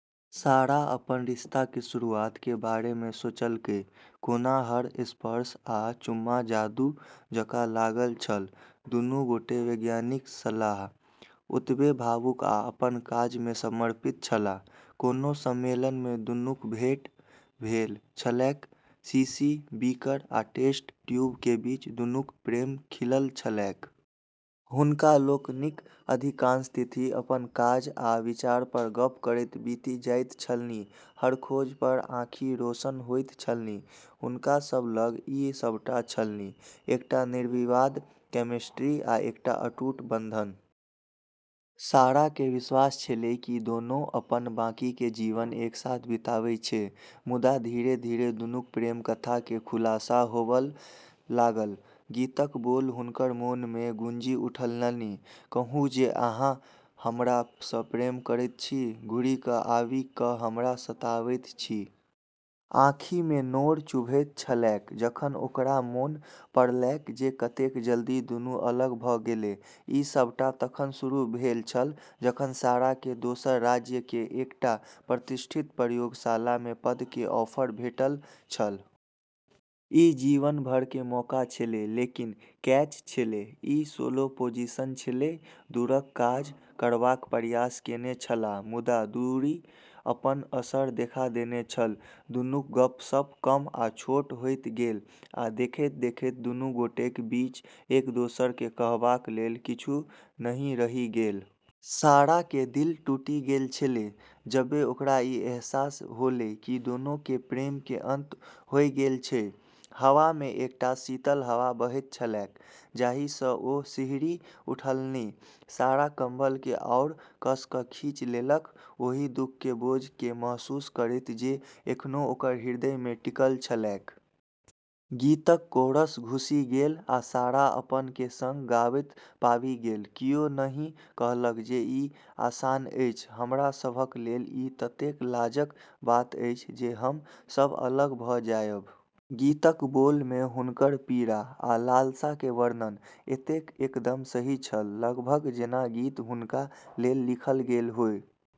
सारा अपन रिश्ता के शुरुआत के बारे में सोचलकै, कोना हर स्पर्श आ चुम्मा जादू जकाँ लागल छल। दुनू गोटे वैज्ञानिक छलाह, ओतबे भावुक आ अपन काज मे समर्पित छलाह। कोनो सम्मेलन मे दुनूक भेंट भेल छलैक, शीशी, बीकर, आ टेस्ट ट्यूब के बीच दुनूक प्रेम खिलल छलैक। हुनका लोकनिक अधिकांश तिथि अपन काज आ विचार पर गप्प करैत बीति जाइत छलनि, हर खोज पर आँखि रोशन होइत छलनि। हुनका सब लग ई सबटा छलनि, एकटा निर्विवाद केमिस्ट्री आ एकटा अटूट बंधन। सारा के विश्वास छेलै कि दोनों अपन बाकी के जीवन एक साथ बिताबै छै। मुदा धीरे-धीरे दुनूक प्रेमकथा के खुलासा होबय लागल। गीतक बोल हुनकर मोन मे गूँजि उठलनि, "कहू जे अहाँ हमरा सँ प्रेम करैत छी, घुरि क' आबि क' हमरा सताबैत छी।" आँखि मे नोर चुभैत छलैक जखन ओकरा मोन पड़लैक जे कतेक जल्दी दुनू अलग भ' गेलै। ई सबटा तखन शुरू भेल छल जखन सारा के दोसर राज्य के एकटा प्रतिष्ठित प्रयोगशाला मे पद के ऑफर भेटल छल। ई जीवन भर के मौका छेलै, लेकिन कैच छेलै, ई सोलो पोजीशन छेलै। दूरक काज करबाक प्रयास केने छलाह, मुदा दूरी अपन असर देखा देने छल। दुनूक गप्प-सप्प कम आ छोट होइत गेल, आ देखैत-देखैत दुनू गोटेक बीच एक-दोसर केँ कहबाक लेल किछु नहि रहि गेल। सारा के दिल टूटी गेलऽ छेलै जबेॅ ओकरा ई अहसास होलै कि दोनों के प्रेम के अंत होय गेलऽ छै। हवा मे एकटा शीतल हवा बहैत छलैक, जाहि सँ ओ सिहरि उठलनि। सारा कम्बल केँ आओर कस क' खींच लेलक, ओहि दुख के बोझ केँ महसूस करैत जे एखनो ओकर हृदय मे टिकल छलैक। गीतक कोरस घुसि गेल आ सारा अपन केँ संग गाबैत पाबि गेल, "कियो नहि कहलक जे ई आसान अछि, हमरा सभक लेल ई ततेक लाजक बात अछि जे हम सभ अलग भ' जायब।" गीतक बोल मे हुनकर पीड़ा आ लालसा के वर्णन एतेक एकदम सही छल; लगभग जेना गीत हुनका लेल लिखल गेल हो।